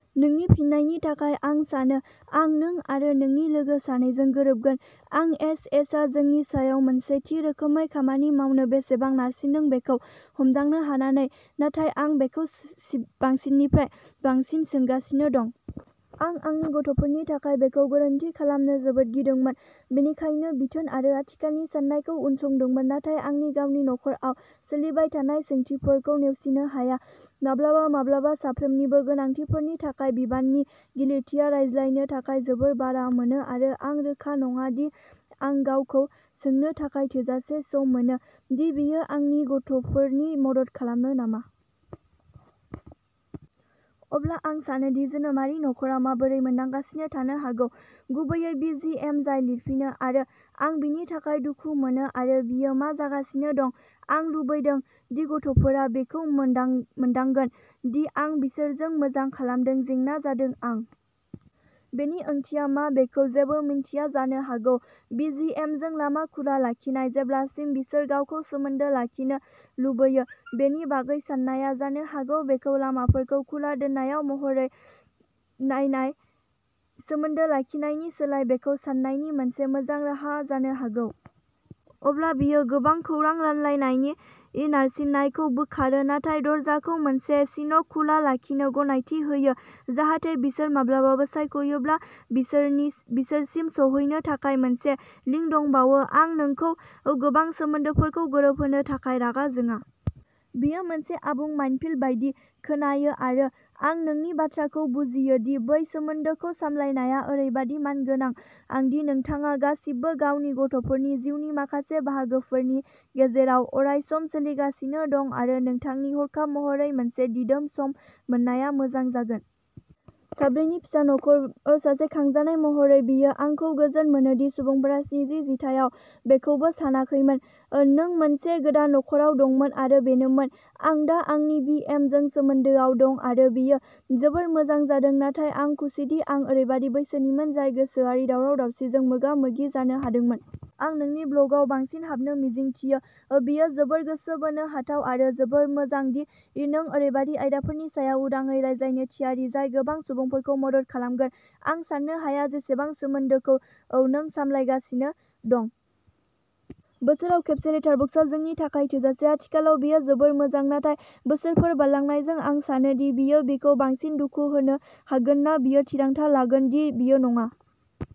नोंनि फिनायनि थाखाय आं सानो, आं नों आरो नोंनि लोगो सानैजोंबो गोरोबगोन। आं एस एसआ जोंनि सायाव मोनसे थि रोखोमै खामानि मावनो बेसेबां नारसिनदों बेखौ हमदांनो हानानै नाथाय आं बेखौ बांसिननिफ्राय बांसिन सोंगासिनो दं। आं आंनि गथ'फोरनि थाखाय बेखौ गोरोन्थि खालामनो जोबोद गिदोंमोन, बेनिखायनो बिथोन आरो आथिखालनि साननायखौ उनसंदोंमोन, नाथाय आंनि गावनि खर'आव सोलिबाय थानाय सोंथिफोरखौ नेवसिनो हाया। माब्लाबा-माब्लाबा साफ्रोमनिबो गोनांथिफोरनि थाखाय बिबाननि गिलिरथिया रायज्लायनो थाखाय जोबोद बारा मोनो आरो आं रोखा नङा दि आं गावखौ सोंनो थाखाय थोजासे सम मोनो दि बेयो आंनि गथ'फोरनि मदद खालामो नामा। अब्ला आं सानो दि जोनोमारि नखरा माबोरै मोनदांगासिनो थानो हागौ, गुबैयै बि जि एम जाय लिरफिनो, आरो आं बिनि थाखाय दुखु मोनो आरो बियो मा जागासिनो दं। आं लुगैदों दि गथ'फोरा बेखौ मोनदां मोनदांगोन दि आं बिसोरजों मोजां खालामदों, जेंना जादों आं। बेनि ओंथिया मा बेखौ जेबो मिन्थिया। जानो हागौ बि जि एम जों लामा खुला लाखिनाय, जेब्लासिम बिसोर गावखौ सोमोन्दो लाखिनो लुबैयो। बेनि बागै साननाया जानो हागौ बेखौ लामाफोरखौ खुला दोननाय महरै नायनाय, सोमोन्दो लाखिनायनि सोलाय, बेखौ सान्नायनि मोनसे मोजां राहा जानो हागौ। अब्ला बेयो गोबां खौरां रानलायनायनि नारसिननायखौ बोखारो, नाथाय दरजाखौ मोनसे सिनक खुला लाखिनो गनायथि होयो, जाहाथे बिसोर माब्लाबाबो सायख'योब्ला बिसोरनि बिसोरसिम सौहैनो थाखाय मोनसे लिंक दंबावो। आं नोंखौ गोबां सोमोन्दोफोरखौ गोरोबहोनो थाखाय रागा जोङा। बेयो मोनसे आबुं माइनफील्ड बायदि खोनायो आरो आं नोंनि बाथ्राखौ बुजियो दि बै सोमोन्दोखौ सामलायनाया ओरैबादि मोननांगोन दि नोंथाङा गासिबो गावनि गथ'फोरनि जिउनि माखासे बाहागोफोरनि गेजेराव अरायसम सोलायगासिनो दं आरो नोंथांनि हरखाब महरै मोनसे दिदोमै सम मोननाया मोजां जागोन। साब्रै नि फिसा नखर, सासे खांजानाय महरै बेयो आंखौ गोजोन मोनो दि सुबुंफोरा स्निजि जिथाइयाव बेखौबो सानाखैमोन। नों मोनसे गोदान नख'राव दंमोन आरो बेनोमोन। आं दा आंनि बि. एम. जों सोमोन्दोआव दं आरो बेयो जोबोद मोजां जादों, नाथाय आं खुसिदि आं ओरैबायदि बैसोमोन जाय गोसोआरि दावराव-दावसिजों मोगा-मोगि जानो हादोंमोन। आं नोंनि ब्लगआव बांसिन हाबनो मिजिंथियो, बेयो जोबोद गोसो बोनो हाथाव आरो जोबोद मोजां दि नों ओरैबायदि आयदाफोरनि सायाव उदाङै रायज्लायनो थियारि जाय गोबां सुबुंफोरखौ मदद खालामगोन। आं साननो हाया जेसेबां सोमोन्दोखौ नों सामलायगासिनो दं। बोसोराव खेबसे लेटारबक्सआ जोंनि थाखाय थोजासे। आथिखालाव बेयो जोबोद मोजां नाथाय बोसोरफोर बारलांनायजों आं सानो दि बेयो बिखौ बांसिन दुखु होनो हमगोन ना बियो थिरांथा लागोन दि बियो नाङा।